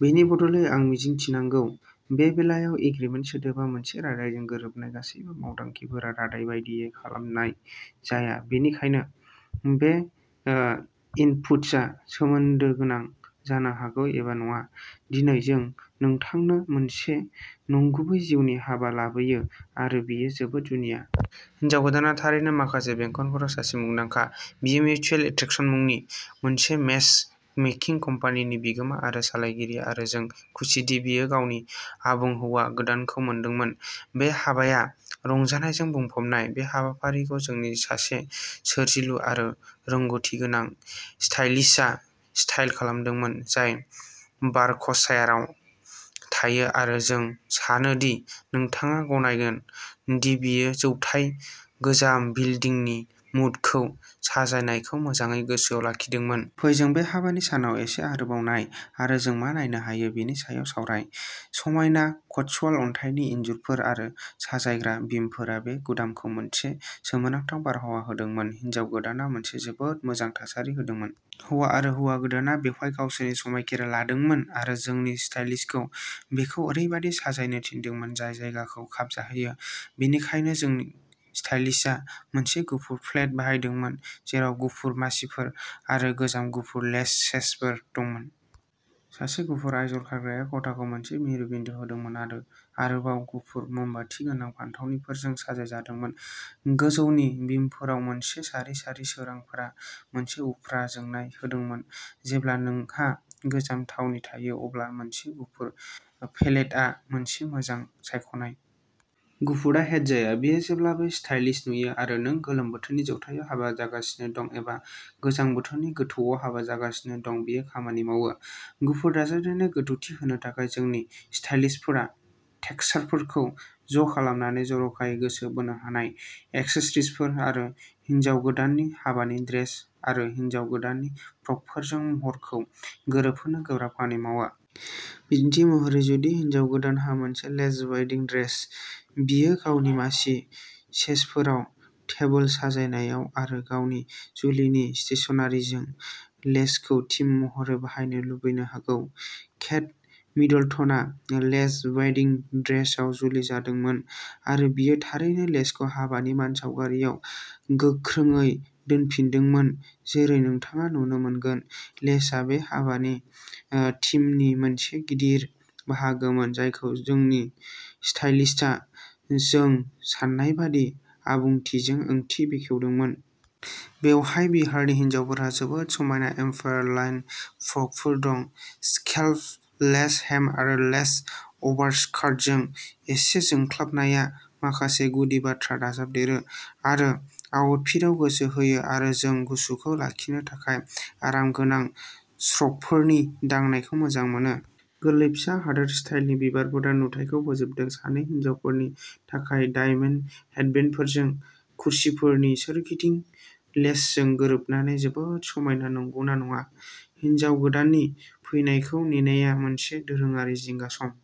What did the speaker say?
बेनि बदलै आं मिजिंथिनांगौ। बे बेलायाव, एग्रिमेन्ट सोदोबा मोनसे रादायजों गोरोबनाय। गासैबो मावथांखिफोरा रादाय बायदियै खालामनाय जाया, बेनिखायनो बे इनपुट्सआ सोमोन्दो गोनां जानो हागौ एबा नङा। दिनै जों नोंथांनो मोनसे नंगुबै जिउनि हाबा लाबोयो आरो बेयो जोबोद जुनिया। हिन्जाव गोदानआ थारैनो माखासे बेंखनफोराव सासे मुंदांखा। बियो मिउचुएल एट्रेक्शन मुंनि मोनसे मेच मेकिंग कम्पानिनि बिगोमा आरो सालायगिरि आरो जों खुसिदि बियो गावनि आबुं हौवा गोदानखौ मोनदोंमोन। बे हाबाया रंजानायजों बुंफबनाय। बे हाबाफारिखौ जोंनि सासे सोरजिलु आरो रोंग'थिगोनां स्टाइलिस्टआ स्टाइल खालामदोंमोन, जाय बार्कशायाराव थायो आरो जों सानो दि नोंथाङा गनायगोन दि बियो जौथाय गोजाम बिल्दिंनि मुडखौ साजायनायखौ मोजाङै गोसोआव लाखिदोंमोन। फै जों बे हाबानि सानाव एसे आरोबाव नाय आरो जों मा नायनो हायो बेनि सायाव सावराय। समायना कटस्वल्ड अन्थाइनि इनजुरफोर आरो साजायग्रा बिमफोरा बे गुदामखौ मोनसे सोमोनांथाव बारहावा होदोंमोन। हिन्जाव गोदानआ मोनसे जोबोद मोजां थासारि होदोंमोन। हौवा आरो हौवा गोदानआ बेवहाय गावसोरनि समायखिरा लादोंमोन आरो जोंनि स्टाइलिस्टखौ बेखौ ओरैबायदि साजायनो थिनदोंमोन जाय जायगाखौ खाबजाहोयो। बेनिखायनो जोंनि स्टाइलिस्टआ मोनसे गुफुर पेलेट बाहायदोंमोन, जेराव गुफुर मासिफोर आरो गोजाम गुफुर लेस सेशफोर दंमोन। सासे गुफुर आइजल खारग्राया खथाखौ मोनसे मिरु बिन्दो होदोंमोन आरो आरोबाव गुफुर मोमबाति गोनां फानथावनिफोरजों साजायजादोंमोन। गोजौनि बिमफोराव मोनसे सारि सारि सोरांफोरा मोनसे उफ्रा जोंनाय होदोंमोन। जेब्ला नोंहा गोजाम थावनि थायो अब्ला मोनसे गुफुर पेलेटआ मोनसे मोजां सायख'नाय। गुफुरआ डेट जाया, बेयो जेब्लाबो स्टाइलिश नुयो आरो नों गोलोम बोथोरनि जौथायाव हाबा जागासिनो दं एबा गोजां बोथोरनि गोथौआव हाबा जागासिनो दं, बेयो खामानि मावो। गुफुर दाजाबदेरनाय गोथौथि होनो थाखाय, जोंनि स्टाइलिस्टफोरा टेक्सचारफोरखौ ज'खालामनानै, जर'खायै गोसो बोनो हानाय एक्सेसरिजफोर आरो हिनजाव गोदाननि हाबानि ड्रेस आरो हिन्जाव गोदाननि फ्रकफोरजों महरखौ गोरोबहोनो गोब्राब खामानि मावो। बिदिन्थि महरै, जुदि हिनजाव गोदानहा मोनसे लेस वेडिंग ड्रेस, बियो गावनि मासि सेशफोराव, टेबोल साजायनायाव आरो गावनि जुलिनि स्टेशनारिजों लेसखौ थीम महरै बाहायनो लुबैनो हागौ। केट मिडलटनआ लेस वेडिंग ड्रेसाव जुलि जादोंमोन आरो बियो थारैनो लेसखौ हाबानि मानसावगारियाव गोख्रोंयै दोनफिनदोंमोन जेरै नोंथाङा नुनो मोनगोन, लेसआ बे हाबानि थिमनि मोनसे गिदिर बाहागोमोन जायखौ जोंनि स्टाइलिस्टआ जों सान्नायबादि आबुंथिजों ओंथि बेखेवदोंमोन। बेवहाय बिबारनि हिनजावफोरहा जोबोद समायना एम्पायर लाइन फ्रकफोर दं, स्केलपड लेस हेम आरो लेस अभारस्कार्टजों। एसे जोंख्लाबनाया माखासे गुदि बाथ्रा दाजाबदेरो आरो आउटफिटआव गोसो होयो आरो जों गुसुखौ लाखिनो थाखाय आरामगोनां श्रगफोरनि दांनायखौ मोजां मोनो। गोरलै फिसा हादोर स्टाइलनि बिबारफोरा नुथायखौ फोजोबदों, सानै हिनजावफोरनि थाखाय डायमेनट हेडबेन्डफोरजों। कुर्सिफोरनि सोरगिदिं लेसजों गोरोबनानै जोबोद समायना, नंगौना नङा? हिन्जाव गोदाननि फैनायखौ नेनाया मोनसे दोरोङारि जिंगा सम।